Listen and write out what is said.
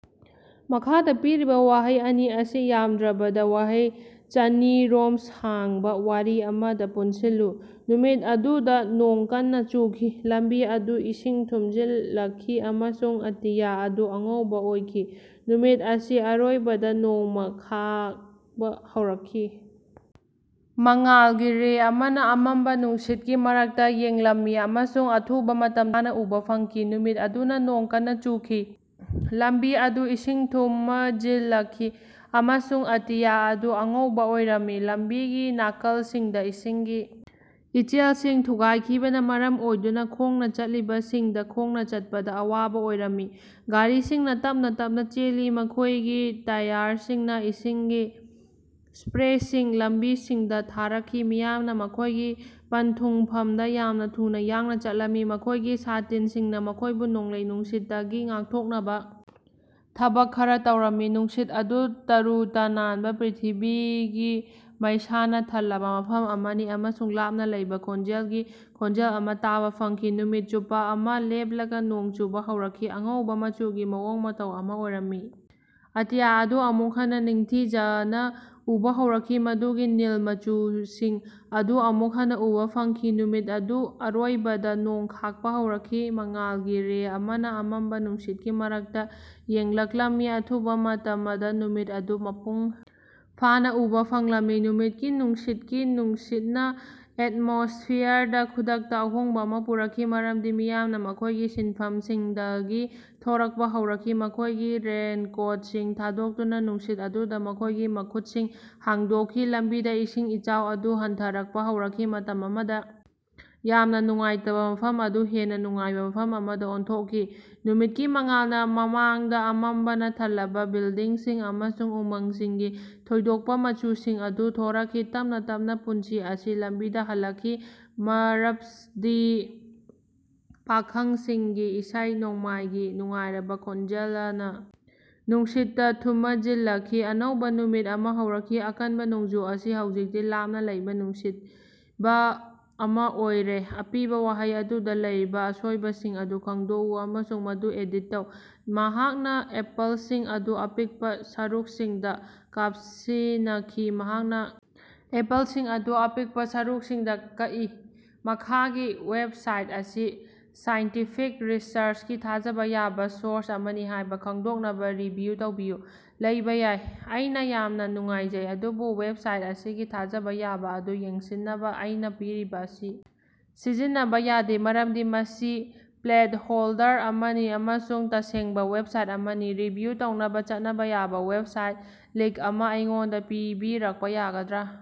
ꯃꯈꯥꯗ ꯄꯤꯔꯤꯕ ꯋꯥꯍꯩ ꯑꯅꯤ ꯑꯁꯤ ꯌꯥꯝꯗ꯭ꯔꯕꯗ ꯋꯥꯍꯩ ꯆꯅꯤ ꯔꯣꯝ ꯁꯥꯡꯕ ꯋꯥꯔꯤ ꯑꯃꯗ ꯄꯨꯟꯁꯤꯜꯂꯨ꯫ ꯅꯨꯃꯤꯠ ꯑꯗꯨꯗ ꯅꯣꯡ ꯀꯟꯅ ꯆꯨꯈꯤ꯫ ꯂꯝꯕꯤ ꯑꯗꯨ ꯏꯁꯤꯡ ꯊꯨꯃꯖꯤꯜꯂꯛꯈꯤ ꯑꯃꯁꯨꯡ ꯑꯇꯤꯌꯥ ꯑꯗꯨ ꯑꯉꯧꯕꯥ ꯑꯣꯏꯈꯤ꯫ ꯅꯨꯃꯤꯠ ꯑꯁꯤ ꯑꯔꯣꯏꯕꯗ ꯅꯣꯡꯃ ꯈꯥꯛꯞ ꯍꯧꯔꯛꯈꯤ꯫ ꯃꯉꯥꯜꯒꯤ ꯔꯦ ꯑꯃꯅ ꯑꯃꯝꯕ ꯅꯨꯡꯁꯤꯠꯀꯤ ꯃꯔꯛꯇ ꯌꯦꯡꯂꯝꯃꯤ ꯑꯃꯁꯨꯡ ꯑꯊꯨꯕ ꯃꯇꯝꯗ ꯅꯨꯃꯤꯠ ꯑꯗꯨ ꯃꯄꯨꯡ ꯐꯥꯅ ꯎꯕꯥ ꯐꯪꯈꯤ꯫ ꯅꯨꯃꯤꯠ ꯑꯗꯨꯗ ꯅꯣꯡ ꯀꯟꯅ ꯆꯨꯈꯤ꯫ ꯂꯝꯕꯤ ꯑꯗꯨ ꯏꯁꯤꯡ ꯊꯨꯃꯖꯤꯜꯂꯛꯈꯤ, ꯑꯃꯁꯨꯡ ꯑꯇꯤꯌ ꯑꯗꯨ ꯑꯉꯧꯕ ꯑꯣꯏꯔꯝꯃꯤ꯫ ꯂꯝꯕꯤꯒꯤ ꯅꯥꯀꯜꯁꯤꯡꯗ ꯏꯁꯤꯡꯒꯤ ꯏꯆꯦꯜꯁꯤꯡ ꯊꯨꯒꯥꯏꯈꯤꯕꯅ ꯃꯔꯝ ꯑꯣꯏꯗꯨꯅ ꯈꯣꯡꯅ ꯆꯠꯂꯤꯕꯁꯤꯡꯗ ꯈꯣꯡꯅ ꯆꯠꯄꯗ ꯑꯋꯥꯕ ꯑꯣꯏꯔꯝꯃꯤ꯫ ꯒꯥꯔꯤꯁꯤꯡꯅ ꯇꯞꯅ ꯇꯞꯅ ꯆꯦꯜꯂꯤ, ꯃꯈꯣꯌꯒꯤ ꯇꯌꯥꯔꯁꯤꯡꯅ ꯏꯁꯤꯡꯒꯤ ꯁ꯭ꯄꯔꯦꯁꯤꯡ ꯂꯝꯕꯤꯁꯤꯡꯗ ꯊꯥꯔꯛꯈꯤ꯫ ꯃꯤꯌꯥꯝꯅ ꯃꯈꯣꯏꯒꯤ ꯄꯟꯊꯨꯡꯐꯝꯗ ꯌꯥꯝꯅ ꯊꯨꯅ ꯌꯥꯡꯅ ꯆꯠꯂꯝꯃꯤ, ꯃꯈꯣꯏꯒꯤ ꯁꯥꯇꯤꯟꯁꯤꯡꯅ ꯃꯈꯣꯏꯕꯨ ꯅꯣꯡꯂꯩ ꯅꯨꯡꯁꯤꯠꯇꯒꯤ ꯉꯥꯛꯊꯣꯛꯅꯕ ꯊꯕꯛ ꯈꯔ ꯇꯧꯔꯝꯃꯤ꯫ ꯅꯨꯡꯁꯤꯠ ꯑꯗꯨ ꯇꯔꯨ ꯇꯅꯥꯟꯕ ꯄ꯭ꯔ꯭ꯤꯊꯤꯕꯤꯒꯤ ꯃꯩꯁꯥꯅ ꯊꯜꯂꯕ ꯃꯐꯝ ꯑꯃꯅꯤ, ꯑꯃꯁꯨꯡ ꯂꯥꯞꯅ ꯂꯩꯕ ꯈꯣꯟꯖꯦꯜꯒꯤ ꯈꯣꯟꯖꯦꯜ ꯑꯃ ꯇꯥꯕ ꯐꯪꯈꯤ꯫ ꯅꯨꯃꯤꯠ ꯆꯨꯞꯄ ꯑꯃ ꯂꯦꯞꯂꯒ ꯅꯣꯡ ꯆꯨꯕ ꯍꯧꯔꯛꯈꯤ꯫ ꯑꯉꯧꯕ ꯃꯆꯨꯒꯤ ꯃꯑꯣꯡ ꯃꯇꯧ ꯑꯃ ꯑꯣꯏꯔꯝꯕ ꯑꯇꯤꯌꯥ ꯑꯗꯨ ꯑꯃꯨꯛ ꯍꯟꯅ ꯅꯤꯡꯊꯤꯖꯅ ꯎꯕ ꯍꯧꯔꯛꯈꯤ, ꯃꯗꯨꯒꯤ ꯅꯤꯜ ꯃꯆꯨꯁꯤꯡ ꯑꯗꯨ ꯑꯃꯨꯛ ꯍꯟꯅ ꯎꯕ ꯐꯪꯈꯤ꯫ ꯅꯨꯃꯤꯠ ꯑꯗꯨ ꯑꯔꯣꯏꯕꯗ ꯅꯣꯡ ꯈꯥꯛꯞ ꯍꯧꯔꯛꯈꯤ꯫ ꯃꯉꯥꯜꯒꯤ ꯔꯦ ꯑꯃꯅ ꯑꯃꯝꯕ ꯅꯨꯡꯁꯤꯠꯀꯤ ꯃꯔꯛꯇ ꯌꯦꯡꯂꯛꯂꯝꯃꯤ, ꯑꯊꯨꯕ ꯃꯇꯃꯗ ꯅꯨꯃꯤꯠ ꯑꯗꯨ ꯃꯄꯨꯡ ꯐꯥꯅ ꯎꯕ ꯐꯪꯂꯝꯃꯤ꯫ ꯅꯨꯃꯤꯠꯀꯤ ꯅꯨꯡꯁꯤꯠꯀꯤ ꯅꯨꯡꯁꯤꯠꯅ ꯑꯦꯠꯃꯣꯁ꯭ꯐꯤꯌꯔꯗ ꯈꯨꯗꯛꯇ ꯑꯍꯣꯡꯕ ꯑꯃ ꯄꯨꯔꯛꯈꯤ, ꯃꯔꯝꯗꯤ ꯃꯤꯌꯥꯝꯅ ꯃꯈꯣꯏꯒꯤ ꯁꯤꯟꯐꯝꯁꯤꯡꯗꯒꯤ ꯊꯣꯔꯛꯄ ꯍꯧꯔꯛꯈꯤ, ꯃꯈꯣꯏꯒꯤ ꯔꯦꯟꯀꯣꯠꯁꯤꯡ ꯊꯥꯗꯣꯛꯇꯨꯅ ꯅꯨꯡꯁꯤꯠ ꯑꯗꯨꯗ ꯃꯈꯣꯏꯒꯤ ꯃꯈꯨꯠꯁꯤꯡ ꯍꯥꯡꯗꯣꯛꯈꯤ꯫ ꯂꯝꯕꯤꯗ ꯏꯁꯤꯡ ꯏꯆꯥꯎ ꯑꯗꯨ ꯍꯟꯊꯔꯛꯄ ꯍꯧꯔꯛꯈꯤ, ꯃꯇꯝ ꯑꯃꯗ ꯌꯥꯝꯅ ꯅꯨꯡꯉꯥꯏꯇꯕ ꯃꯐꯝ ꯑꯗꯨ ꯍꯦꯟꯅ ꯅꯨꯡꯉꯥꯏꯕ ꯃꯐꯝ ꯑꯃꯗ ꯑꯣꯟꯊꯣꯛꯈꯤ꯫ ꯅꯨꯃꯤꯠꯀꯤ ꯃꯉꯥꯜꯅ ꯃꯃꯥꯡꯗ ꯑꯃꯝꯕꯅ ꯊꯜꯂꯕ ꯕꯤꯜꯗꯤꯡꯁꯤꯡ ꯑꯃꯁꯨꯡ ꯎꯃꯪꯁꯤꯡꯒꯤ ꯊꯣꯏꯗꯣꯛꯄ ꯃꯆꯨꯁꯤꯡ ꯑꯗꯨ ꯊꯣꯔꯛꯈꯤ꯫ ꯇꯞꯅ ꯇꯞꯅ ꯄꯨꯟꯁꯤ ꯑꯁꯤ ꯂꯝꯕꯤꯗ ꯍꯜꯂꯛꯈꯤ, ꯃꯔꯞꯗꯤ ꯄꯥꯈꯪꯁꯤꯡꯒꯤ ꯏꯁꯩ ꯅꯣꯡꯃꯥꯏꯒꯤ ꯅꯨꯡꯉꯥꯏꯔꯕ ꯈꯣꯟꯖꯦꯂꯅ ꯅꯨꯡꯁꯤꯠꯇ ꯊꯨꯃꯖꯤꯜꯂꯛꯈꯤ꯫ ꯑꯅꯧꯕ ꯅꯨꯃꯤꯠ ꯑꯃ ꯍꯧꯔꯛꯈꯤ, ꯑꯀꯟꯕ ꯅꯣꯡꯖꯨ ꯑꯁꯤ ꯍꯧꯖꯤꯛꯇꯤ ꯂꯥꯞꯅ ꯂꯩꯕ ꯅꯤꯡꯁꯤꯡꯕ ꯑꯃ ꯑꯣꯏꯔꯦ꯫ ꯑꯄꯤꯕ ꯋꯥꯍꯩ ꯑꯗꯨꯗ ꯂꯩꯔꯤꯕ ꯑꯁꯣꯏꯕꯁꯤꯡ ꯑꯗꯨ ꯈꯪꯗꯣꯛꯎ ꯑꯃꯁꯨꯡ ꯃꯗꯨ ꯑꯦꯗꯤꯠ ꯇꯧ꯫ ꯃꯍꯥꯛꯅ ꯑꯦꯄꯜꯁꯤꯡ ꯑꯗꯨ ꯑꯄꯤꯛꯄ ꯁꯔꯨꯛꯁꯤꯡꯗ ꯀꯥꯞꯁꯤꯅꯈꯤ꯫ ꯃꯍꯥꯛꯅ ꯑꯦꯄꯜꯁꯤꯡ ꯑꯗꯨ ꯑꯄꯤꯛꯄ ꯁꯔꯨꯛꯁꯤꯡꯗ ꯀꯛꯏ꯫ ꯃꯈꯥꯒꯤ ꯋꯦꯕꯁꯥꯏꯠ ꯑꯁꯤ ꯁꯥꯏꯟꯇꯤꯐꯤꯛ ꯔꯤꯁꯔꯆꯀꯤ ꯊꯥꯖꯕ ꯌꯥꯕ ꯁꯣꯔꯁ ꯑꯃꯅꯤ ꯍꯥꯏꯕ ꯈꯪꯗꯣꯛꯅꯕ ꯔꯤꯚꯤꯌꯨ ꯇꯧꯕꯤꯌꯨ꯫ ꯂꯩꯕ ꯌꯥꯏ꯫ ꯑꯩꯅ ꯌꯥꯝꯅ ꯅꯨꯡꯉꯥꯏꯖꯩ, ꯑꯗꯨꯕꯨ ꯋꯦꯕꯁꯥꯏꯠ ꯑꯁꯤꯒꯤ ꯊꯥꯖꯕ ꯌꯥꯕ ꯑꯗꯨ ꯌꯦꯡꯁꯤꯟꯅꯕ ꯑꯩꯅꯥ ꯄꯤꯔꯤꯕ ꯑꯁꯤ ꯁꯤꯖꯤꯟꯅꯕ ꯌꯥꯗꯦ ꯃꯔꯝꯗꯤ ꯃꯁꯤ ꯄ꯭ꯂꯦꯁꯍꯣꯜꯗꯔ ꯑꯃꯅꯤ ꯑꯃꯁꯨꯡ ꯇꯁꯦꯡꯕ ꯋꯦꯕꯁꯥꯏꯠ ꯑꯃꯅꯤ꯫ ꯔꯤꯚꯤꯌꯨ ꯇꯧꯅꯕ ꯆꯠꯅꯕ ꯌꯥꯕꯥ ꯋꯦꯕꯁꯥꯏꯠ ꯂꯤꯡꯛ ꯑꯃ ꯑꯩꯉꯣꯟꯗꯥ ꯄꯤꯕꯤꯔꯛꯄ ꯌꯥꯒꯗ꯭ꯔꯥ